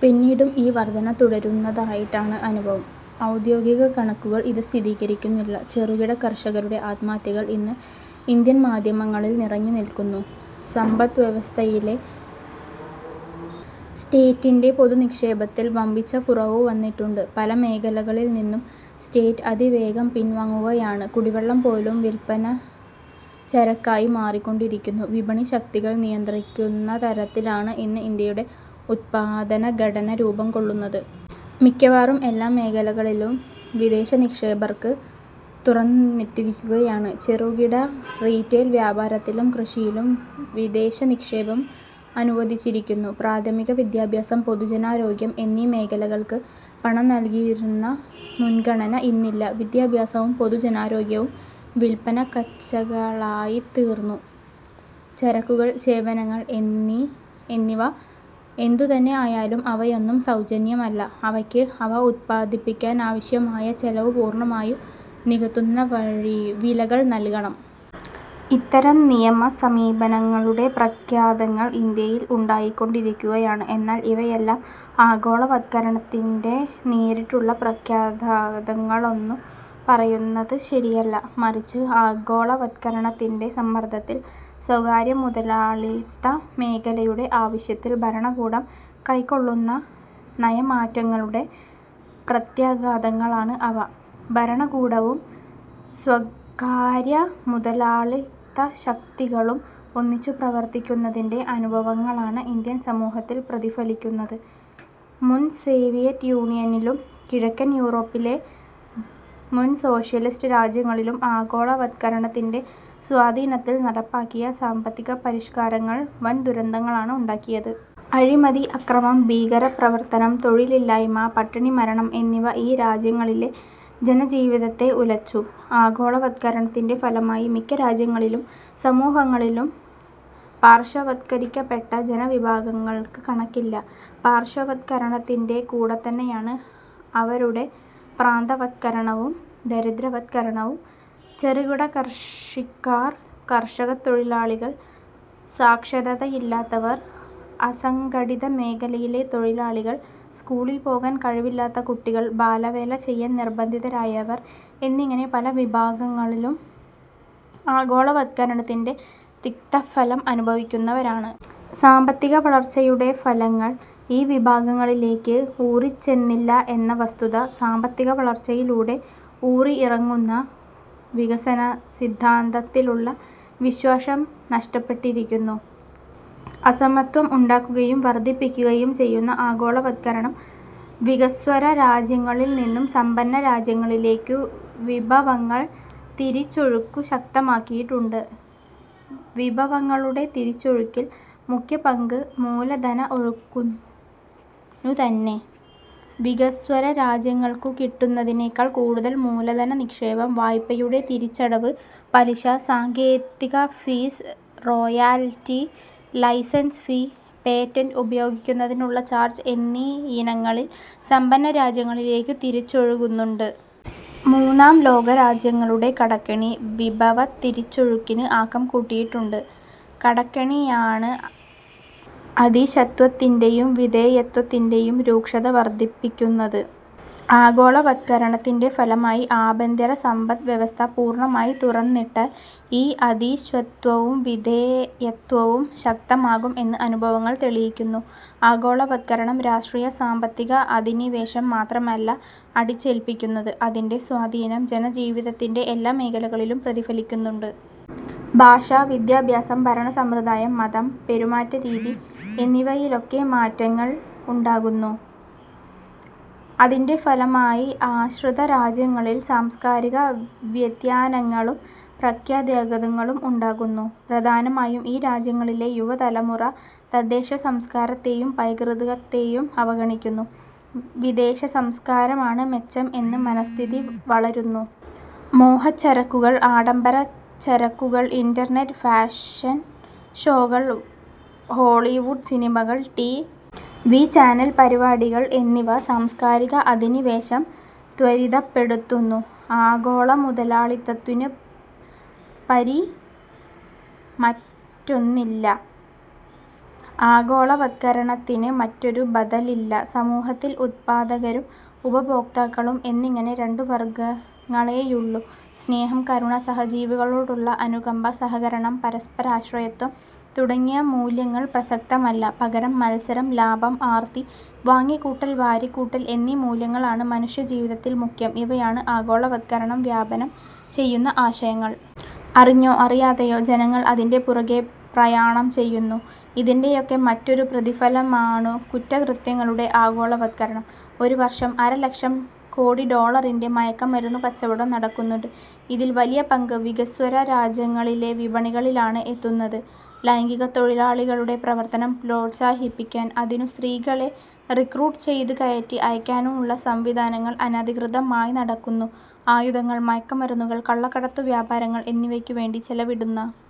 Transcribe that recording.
പിന്നീടും ഈ വർധന തുടരുന്നതായിട്ടാണ് അനുഭവം. ഔദ്യോഗികകണക്കുകൾ ഇതു സ്ഥിരീകരിക്കുന്നില്ല. ചെറുകിടകർഷകരുടെ ആത്മഹത്യകൾ ഇന്ന് ഇന്ത്യൻ മാധ്യമങ്ങളിൽ നിറഞ്ഞുനില്ക്കുന്നു. സമ്പദ്വ്യവസ്ഥയിലെ സ്റ്റേറ്റിന്റെ പൊതുനിക്ഷേപത്തിൽ വമ്പിച്ച കുറവു വന്നിട്ടുണ്ട്. പല മേഖലകളിൽനിന്നും സ്റ്റേറ്റ് അതിവേഗം പിൻവാങ്ങുകയാണ്. കുടിവെള്ളംപോലും വില്പനച്ചരക്കായി മാറിക്കൊണ്ടിരിക്കുന്നു. വിപണി ശക്തികൾ നിയന്ത്രിക്കുന്നതരത്തിലാണ് ഇന്ന് ഇന്ത്യയുടെ ഉത്പാദനഘടന രൂപംകൊള്ളുന്നത്. മിക്കവാറും എല്ലാ മേഖലകളും വിദേശനിക്ഷേപകർക്ക് തുറന്നിട്ടിരിക്കുകയാണ്. ചെറുകിട റീട്ടെയിൽ വ്യാപാരത്തിലും കൃഷിയിലും വിദേശനിക്ഷേപം അനുവദിച്ചിരിക്കുന്നു. പ്രാഥമികവിദ്യാഭ്യാസം പൊതുജനാരോഗ്യം എന്നീ മേഖലകൾക്ക് പണം നൽകിയിരുന്ന മുൻഗണന ഇന്നില്ല. വിദ്യാഭ്യാസവും പൊതുജനാരോഗ്യവും വില്പനക ച്ചകളായിത്തീർന്നു. ചരക്കുകൾ, സേവനങ്ങൾ എന്നിവ എന്തുതന്നെ ആയാലും അവയൊന്നും സൌജന്യമല്ല. അവയ്ക്ക് അവ ഉത്പാദിപ്പിക്കാനാവശ്യമായ ചെലവു പൂർണമായി നികത്തുന്ന വിലകൾ നൽകണം. ഇത്തരം നയസമീപനങ്ങളുടെ പ്രത്യാഘാതങ്ങൾ ഇന്ത്യയിൽ ഉണ്ടായിക്കൊണ്ടിരിക്കുകയാണ്. എന്നാൽ ഇവയെല്ലാം ആഗോളവത്കരണത്തിന്റെ നേരിട്ടുള്ള പ്രത്യാഘാതങ്ങളാണെന്നു പറയുന്നത് ശരിയല്ല. മറിച്ച്, ആഗോളവത്കരണത്തിന്റെ സമ്മർദത്തിൽ സ്വകാര്യമുതലാളിത്തമേഖലയുടെ ആവശ്യ ത്തിൽ ഭരണകൂടം കൈക്കൊള്ളുന്ന നയമാറ്റങ്ങളുടെ പ്രത്യാഘാതങ്ങളാണ് അവ. ഭരണകൂടവും സ്വകാര്യമുതലാളിത്തശക്തികളും ഒന്നിച്ചു പ്രവർത്തിക്കുന്നതിന്റെ അനുഭവങ്ങളാണ് ഇന്ത്യൻ സമൂഹത്തിൽ പ്രതിഫലിക്കുന്നത്. മുൻസേവിയറ്റ് യൂണിയനിലും കിഴക്കൻ യൂറോപ്പിലെ മുൻസോഷ്യലിസ്റ്റ് രാജ്യങ്ങളിലും ആഗോളവത്കരണത്തിന്റെ സ്വാധീനത്തിൽ നടപ്പാക്കിയ സാമ്പത്തികപരിഷ്കാരങ്ങൾ വൻദുരന്തങ്ങളാണ് ഉണ്ടാക്കിയത്. അഴിമതി, അക്രമം, ഭീകരപ്രവർത്തനം, തൊഴിലില്ലായ്മ, പട്ടിണിമരണം എന്നിവ ഈ രാജ്യങ്ങളിലെ ജനജീവിതത്തെ ഉലച്ചു. ആഗോളവത്കരണത്തിന്റെ ഫലമായി മിക്ക രാജ്യങ്ങളിലും സമൂഹങ്ങളിലും പാർശ്വവത്കരിക്കപ്പെട്ട ജനവിഭാഗങ്ങൾക്ക് കണക്കില്ല. പാർശ്വവത്കരണത്തിന്റെ കൂടെത്തന്നെയാണ് അവരുടെ പ്രാന്തവത്കരണവും, ദരിദ്രവത്കരണവും. ചെറുകിടകൃഷിക്കാർ, കർഷകത്തൊഴിലാളികൾ, സാക്ഷരതയില്ലാത്തവർ, അസംഘടിതമേഖലയിലെ തൊഴിലാളികൾ, സ്കൂളിൽപോകാൻ കഴിവില്ലാത്ത കുട്ടികൾ, ബാലവേല ചെയ്യാൻ നിർബന്ധിതരായവർ എന്നിങ്ങനെ പല വിഭാഗങ്ങളും ആഗോളവത്കരണത്തിന്റെ തിക്തഫലം അനുഭവിക്കുന്നവരാണ്. സാമ്പത്തിക വളർച്ചയുടെ ഫലങ്ങൾ ഈ വിഭാഗങ്ങളിലേക്ക് ഊറിച്ചെന്നില്ല എന്ന വസ്തുത "സാമ്പത്തികവളർച്ചയിലൂടെ ഊറിഇറങ്ങുന്ന വികസനസിദ്ധാന്തത്തിലുള്ള വിശ്വാസം നഷ്ടപ്പെടുത്തിയിരിക്കുന്നു. അസമത്വം ഉണ്ടാക്കുകയും വർധിപ്പിക്കുകയും ചെയ്യുന്ന ആഗോളവത്കരണം വികസ്വരരാജ്യങ്ങളിൽനിന്നും സമ്പന്നരാജ്യങ്ങളിലേക്കുള്ള വിഭവങ്ങളുടെ തിരിച്ചൊഴുക്ക് ശക്തമാക്കിയിട്ടുണ്ട്. വിഭവങ്ങളുടെ തിരിച്ചൊഴുക്കിൽ മുഖ്യപങ്ക് മൂലധനഒഴുക്കിനുതന്നെ. വികസ്വരരാജ്യങ്ങൾക്കു കിട്ടുന്നതിനെക്കാൾ കൂടുതൽ മൂലധനനിക്ഷേപം, വായ്പയുടെ തിരിച്ചടവ്, പലിശ, സാങ്കേതികഫീസ്, റോയൽറ്റി, ലൈസൻസ് ഫീ, പേറ്റന്റ് ഉപയോഗിക്കുന്നതിനുള്ള ചാർജ് എന്നീയിനങ്ങളിൽ സമ്പന്നരാജ്യങ്ങളിലേക്കു തിരിച്ചൊഴുകുന്നുണ്ട്. മൂന്നാം ലോകരാജ്യങ്ങളുടെ കടക്കെണി വിഭവതിരിച്ചൊഴുക്കിന് ആക്കം കൂട്ടിയിട്ടുണ്ട്. കടക്കെണിയാണ് അധീശത്വത്തിന്റെയും വിധേയത്വത്തിന്റെയും രൂക്ഷത വർധിപ്പിക്കുന്നത്. ആഗോളവത്കരണത്തിന്റെ ഫലമായി ആഭ്യന്തരസമ്പദ്വ്യവസ്ഥ പൂർണമായി തുറന്നിട്ടാൽ ഈ അധീശത്വവും വിധേയത്വവും ശക്തമാകും എന്ന് അനുഭവങ്ങൾ തെളിയിക്കുന്നു. ആഗോളവത്കരണം രാഷ്ട്രീയ-സാമ്പത്തിക അധിനിവേശം മാത്രമല്ല അടിച്ചേൽപ്പിക്കുന്നത്. അതിന്റെ സ്വാധീനം ജനജീവിതത്തിന്റെ എല്ലാ മേഖലകളിലും പ്രതിഫലിക്കുന്നുണ്ട്. ഭാഷ, വിദ്യാഭ്യാസം, ഭരണസമ്പ്രദായം, മതം, പെരുമാറ്റരീതി എന്നിവയിലൊക്കെ മാറ്റങ്ങൾ ഉണ്ടാകുന്നു. അതിന്റെ ഫലമായി ആശ്രിതരാജ്യങ്ങളിൽ സാംസ്കാരിക വ്യതിയാനങ്ങളും പ്രത്യാഘാതങ്ങളും ഉണ്ടകുന്നു. പ്രധാനമായും ഈ രാജ്യങ്ങളിലെ യുവതലമുറ തദ്ദേശസംസ്കാരത്തെയും പൈതൃകത്തെയും അവഗണിക്കുന്നു. വിദേശസംസ്കാരമാണ് മെച്ചം എന്ന മനഃസ്ഥിതി വളരുന്നു. മോഹച്ചരക്കുകൾ, ആഡംബരച്ചരക്കുകൾ, ഇന്റർനെറ്റ്, ഫാഷൻഷോകൾ, ഹോളിവുഡ് സിനിമകൾ, ടി. വി. ചാനൽ പരിപാടികൾ എന്നിവ സാംസ്കാരിക അധിനിവേശം ത്വരിതപ്പെടുത്തുന്നു. ആഗോളമുതലാളിത്തത്തിനുപരി മറ്റൊന്നില്ല; ആഗോളവത്കരണത്തിന് മറ്റൊരു ബദലില്ല; സമൂഹത്തിൽ ഉത്പാദകരും ഉപഭോക്താക്കളും എന്നിങ്ങനെ രണ്ട് വർഗങ്ങളെയുള്ളൂ; സ്നേഹം, കരുണ, സഹജീവികളോടുള്ള അനുകമ്പ, സഹകരണം, പരസ്പരാശ്രയത്വം തുടങ്ങിയ മൂല്യങ്ങൾ പ്രസക്തമല്ല; പകരം, മത്സരം, ലാഭം, ആർത്തി, വാങ്ങിക്കൂട്ടൽ, വാരിക്കൂട്ടൽ എന്നീ മൂല്യങ്ങളാണ് മനുഷ്യജീവിതത്തിൽ മുഖ്യം ഇവയാണ് ആഗോളവത്കരണം വ്യാപനം ചെയ്യുന്ന ആശയങ്ങൾ. അറിഞ്ഞോ അറിയാതെയോ ജനങ്ങൾ അതിന്റെ പുറകെ പ്രയാണം ചെയ്യുന്നു. ഇതിന്റെയൊക്കെ മറ്റൊരു പ്രതിഫലനമാണു കുറ്റകൃത്യങ്ങളുടെ ആഗോളവത്കരണം. ഒരുവർഷം അരലക്ഷം കോടിഡോളറിന്റെ മയക്കുമരുന്നു കച്ചവടം നടക്കുന്നുണ്ട്. ഇതിൽ വലിയ പങ്ക് വികസ്വര രാജ്യങ്ങളിലെ വിപണികളിലാണ് എത്തുന്നത്. ലൈംഗികത്തൊഴിലാളികളുടെ പ്രവർത്തനം പ്രോത്സാഹിപ്പിക്കാൻ അതിനുള്ള സ്ത്രീകളെ റിക്രൂട്ടു ചെയ്തുകയറ്റി അയയ്ക്കാനുള്ള സംവിധാനങ്ങൾ അനധികൃതമായി നടക്കുന്നു. ആയുധങ്ങൾ, മയക്കുമരുന്നുകൾ, കള്ളക്കടത്തു വ്യാപാരം എന്നിവയ്ക്കുവേണ്ടി ചെലവിടുന്ന